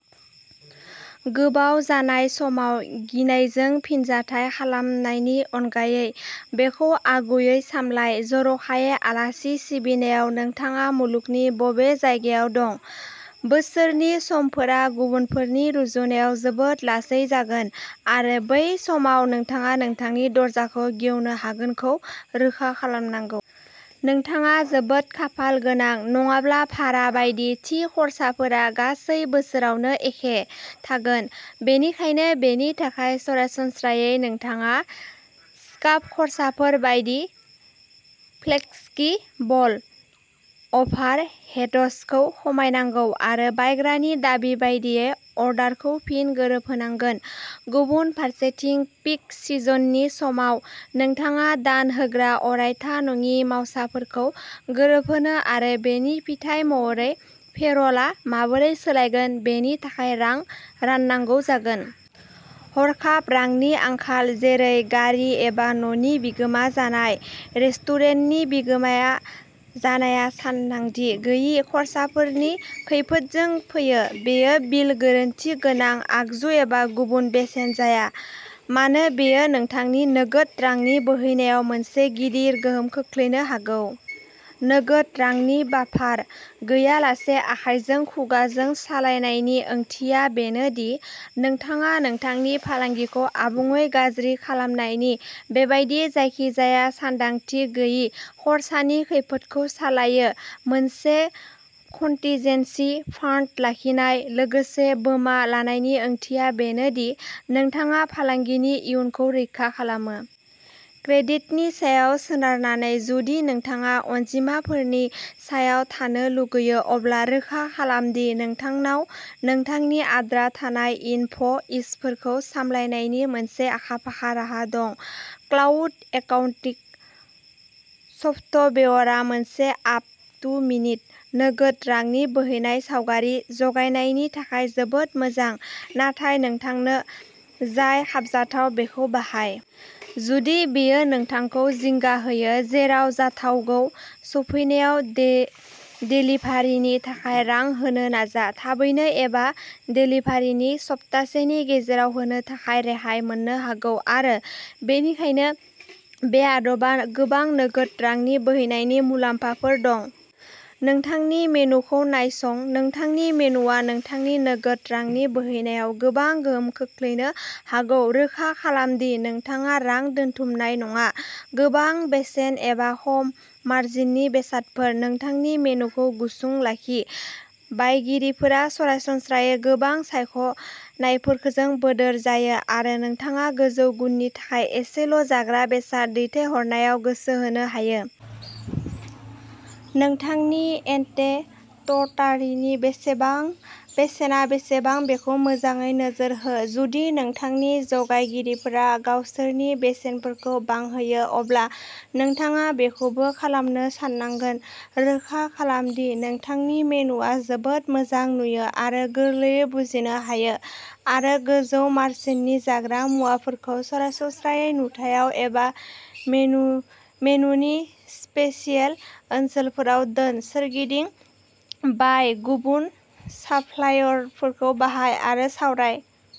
गोबाव जानाय समाव गिनायजों फिनजाथाय खालामनायनि अनगायै बेखौ आगुयै सामलाय। जर'खायै आलासि सिबिनायाव नोंथाङा मुलुगनि बबे जायगायाव दं, बोसोरनि समफोरा गुबुनफोरनि रुजुनायाव जोबोद लासै जागोन आरो बै समाव नोंथाङा नोंथांनि दरजाखौ गेवनो हागोनखौ रोखा खालामनांगौ। नोंथाङा जोबोद खाफाल गोनां नङाब्ला, भारा बायदि थि खर्साफोरा गासै बोसोरावनो एखे थागोन, बेनिखायनो बेनि थाखाय सरासनस्रायै नोंथाङा स्टाफ खर्साफोर बायदि फ्लेक्सिबल अभारहेड्सखौ खमायनांगौ आरो बायग्रानि दाबि बायदियै अर्डारखौ फिन गोरोबहोनांगोन। गुबुन फारसेथिं, पीक सिजननि समाव नोंथाङा दान होग्रा अरायथा नङि मावसाफोरखौ गोरोबहोनो आरो बेनि फिथाय महरै पेर'लआ माबोरै सोलायगोन बेनि थाखाय रां राननांगौ जागोन। हरखाब रांनि आंखाल जेरै गारि एबा न'नि बिगोमा जानाय, रेस्टुरेन्टनि बिगोमाया जानाया सानदांथि गैयै खर्साफोरनि खैफोदजों फैयो। बेयो बिल, गोरोन्थि गोनां आगजु एबा गुबुन बेसेन जाया मानो, बेयो नोंथांनि नोगोद रांनि बोहैनायाव मोनसे गिदिर गोहोम खोख्लैनो हागौ। नोगोद रांनि बाफार गैयालासे आखायजों खुगाजों सालायनायनि ओंथिया बेनो दि नोंथाङा नोंथांनि फालांगिखौ आबुङै गाज्रि खालामनायनि बेबादि जायखिजाया सानदांथि गैयै खरसानि खैफोदखौ सालायो। मोनसे कन्टिजेन्सि फान्ड लाखिनाय, लोगोसे बीमा लानायनि ओंथिया बेनो दि नोंथाङा फालांगिनि इयुनखौ रैखा खालामो। क्रेडिटनि सायाव सोनारनानै जुदि नोंथाङा अनजिमाफोरनि सायाव थानो लुगैयो, अब्ला रोखा खालाम दि नोंथांनाव नोंथांनि आद्रा थानाय इनभ'इसफोरखौ सामलायनायनि मोनसे आखा-फाखा राहा दं। क्लाउड एकाउन्टिंग सफ्टवेयरआ मोनसे आप-टु-मिनिट नोगोद रांनि बोहैनाय सावगारि जगायनायनि थाखाय जोबोद मोजां, नाथाय नोंथांनो जाय खाबजाथाव बेखौ बाहाय। जुदि बेयो नोंथांखौ जिंगा होयो, जेराव जाथावगौ, सफैनायाव दे देलिभारिनि थाखाय रां होनो नाजा। थाबैनो एबा देलिभारिनि सप्तासेनि गेजेराव होनो थाखाय रेहाय मोननो हागौ आरो बेनिखायनो बे आदबा गोबां नोगोद रांनि बोहैनायनि मुलाम्फाफोर दं। नोंथांनि मेनुखौ नायसं-नोंथांनि मेनुआ नोंथांनि नोगोद रांनि बोहैनायाव गोबां गोहोम खोख्लैनो हागौ। रोखा खालाम दि नोंथाङा रां दोनथुमनाय नङा। गोबां बेसेन एबा खम मार्जिननि बेसादफोर नोंथांनि मेनुखौ गुसुं लाखि बायगिरिफोरा सरासनस्रायै गोबां सायख'नायफोरखोजों बोदोर जायो आरो नोंथाङा गोजौ गुननि थाखाय एसेल'जाग्रा बेसाद दैथायहरनायाव गोसो होनो हायो। नोंथांनि इन्टेटन्टारिनि बेसेबां बेसेना बेसेबां बेखौ मोजाङै नोजोर हो। जुदि नोंथांनि जगायगिरिफोरा गावसोरनि बेसेनफोरखौ बांहोयो अब्ला नोंथाङा बेखौबो खालामनो साननांगोन। रोखा खालाम दि नोंथांनि मेनुआ जोबोद मोजां नुयो आरो गोरलैयै बुजिनो हायो आरो गोजौ मार्जिननि जाग्रा मुवाफोरखौ सरासनस्रा नुथायाव एबा मेनु मेनुनि'स्पेशियेल' ओनसोलफोराव दोन। सोरगिदिं बाय गुबुन साप्लायरफोरखौ बाहाय आरो सावराय।